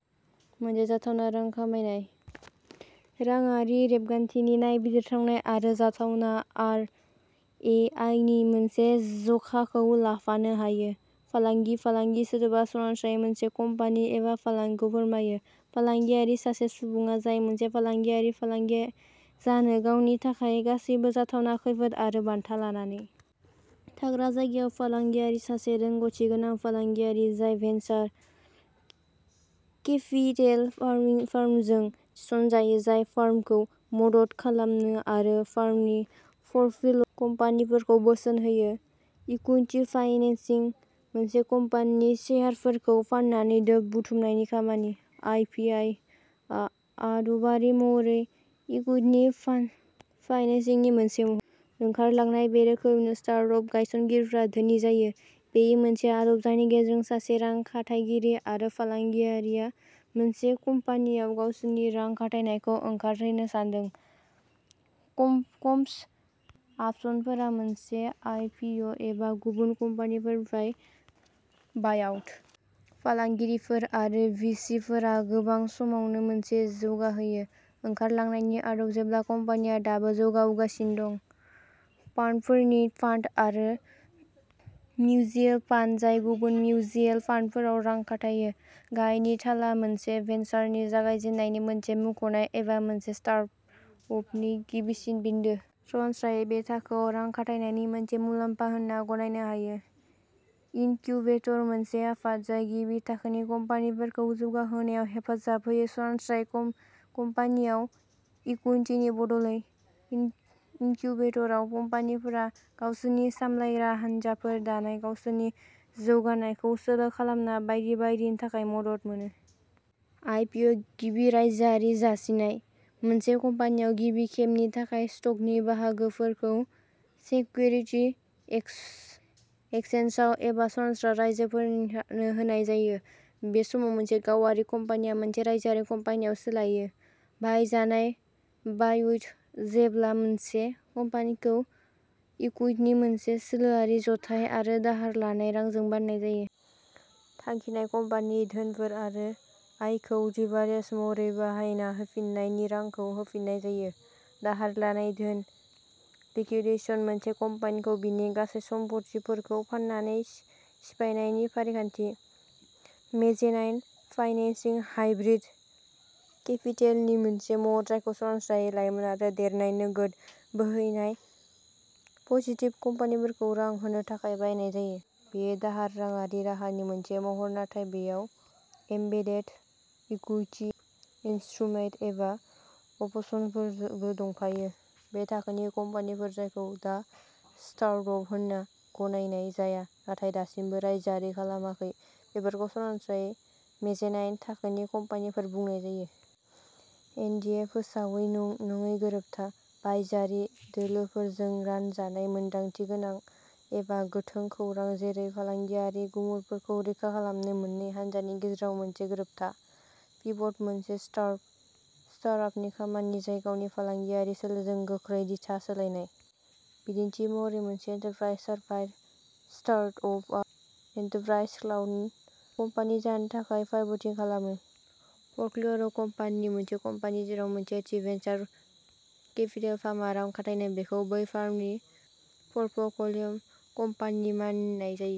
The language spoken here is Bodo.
मोनसे जाथावना रां खामायनाय। राङारि रेबगान्थिनि नायबिजिरसंनाय आरो जाथावना आर ए आइनि मोनसे जखाखौ लाफानो हायो। फालांगि फालांगि सोदोबा सरासनस्रायै मोनसे कम्पानि एबा फालांगिखौ फोरमायो। फालांगियारि सासे सुबुं जाय मोनसे फालांगियारि फालांगि जानो गावनि थाखाय गासैबो जाथावना खैफोद आरो बान्था लानानै। थाग्रा जायगायाव फालांगियारि सासे रोंग'थि गोनां फालांगियारि जाय भेन्सार केपिटेल फार्मजों थिसनजायो जाय फार्मखौ मदद खालामो आरो फार्मनि पर्टफ'लिय' कम्पानिफोरखौ बोसोन होयो। इकुइटि फाइनेन्सिं मोनसे कम्पानिनि शेयारफोरखौ फाननानै धोन बुथुमनायनि खामानि। आइ पि आइ आ आदबारि महरै इकुइटि फा फाइनेन्सिंनि मोनसे महर। ओंखारलांनाय बे रोखोमैनो स्तार्टआप गायसनगिरिफोरा धोनि जायो। बेयो मोनसे आदब जायनि गेजेरजों सासे रां खाथायगिरि आरो फालांगियारिआ मोनसे कम्पानिआव गावसोरनि रां खाथायनायखौ ओंखारहोनो सानदों। कम कमस अपसनफोरा मोनसे आइ पि अ एबा गुबुन कम्पानिनिफ्राय बायआउट। फालांगियारिफोर आरो भि सि फोरा गोबां समावनो मोनसे जौगाहोयो। ओंखारलांनायनि आदब जेब्ला कम्पानिया दाबो जौगाबोगासिनो दं। फान्डफोरनि फान्ड आरो मिउचुयेल फान्ड जाय गुबुन मिउचुयेल फान्डफोराव रां खाथायो। गाहायनि थाला मोनसे भेन्सारनि जागायजेन्नायनि मोनसे मुंख'नाय एबा मोनसे स्टार्टआपनि गिबिसिन बिन्दो। सरासनस्रायै बे थाखोआव रां खाथायनायनि मोनसे मुलाम्फा होनना गनायनाय जायो। इनकिउबेटर मोनसे आफाद जाय गिबि थाखोनि कम्पानिफोरखौ जौगाहोनायाव हेफाजाब होयो सरासनस्रायै कम्पानियाव इकुइटिनि बदलै। इनकिउबेटराव कम्पानिफोरा गावसोरनि सामलायग्रा हानजाफोर दानाय गावसोरनि जौगानायखौ सोलो खालामनाय बायदि बायदिनि थाखाय मदद मोनो। आइपिअ गिबि रायजोआरि जासिनाय। मोनसे कम्पानियाव गिबि खेबनि थाखाय स्टकनि बाहागोफोरखौ सेक्युरिति एक्स एक्सचेन्जआव एबा सरासनस्रा राइजोफोरनो होनाय जायो। बे समाव मोनसे गावारि कम्पानिया मोनसे रायजोआरि कम्पानियाव सोलायो। बाहायजानाय बायउट जेब्ला मोनसे कम्पानिखौ इकुइटनि मोनसे सोलोआरि जथाय आरो दाहार लानाय रांजों बायनाय जायो। थांखिनाय कम्पानिनि धोनफोर आरो आयखौ लिभारेज महरै बाहायना होफिन्नायनि रांखौ होफिननाय जायो। दाहार लानाय धोन। लिकिवदेसन मोनसे कम्पानिखौ बिनि गासै सम्फथिफोरखौ फाननानै सिफायनायनि फारिखान्थि। मेजेनाइन फाइनेन्सिं हाइब्रिद केपिटेलनि मोनसे महर जायखौ सरासनस्रायै लाइमोन आरो देरनाय नोगोद बोहैनाय पजिटिभ कम्पानिफोरखौ रां होनो थाखाय बाहायनाय जायो। बेयो दाहार राङारि राहानि मोनसे महर नाथाय बेयाव एम्बेडेड इकुइटि इन्स्ट्रुमेन्ट एबा अपसनफोरबो दंफायो। बे थाखोनि कम्पानिफोर जायखौ दा स्टार्टआप होनना गनायनाय जाया नाथाय दासिमबो रायजोआरि खालामाखै बेफोरखौ सरासनस्रायै मेजेनाइन थाखोनि कम्पानिफोर बुंनाय जायो। एन डि ए फोसावै नङि गोरोबथा। बायजोआरि दोलोफोरजों रानजानाय मोनदांथिगोनां एबा गोथों खौरां जेरै फालांगियारि गुमुरफोरखौ रैखा खालामनो मोननै हान्जानि गेजेराव मोनसे गोरोबथा। पिभट मोनसे स्टार्ट स्टार्टआपनि खामानि जाय गावनि फालांगियारि सोलोजों गोख्रै दिथा सोलायनाय। बिदिन्थि महरै मोनसे एन्टारप्राइज सार्भार स्टार्टआपआ एन्टारप्राइज क्लाउड कम्पानि जानो थाखाय पाइभटिं खालामो। पर्टफ'लिय'कम्पानि मोनसे कम्पानि जेराव मोनसे थि भेन्सार केपिटेल फार्मआ रां खाथायदों बेखौ बै फार्मनि पर्टफ'लिय'कम्पानि मानिनाय जायो।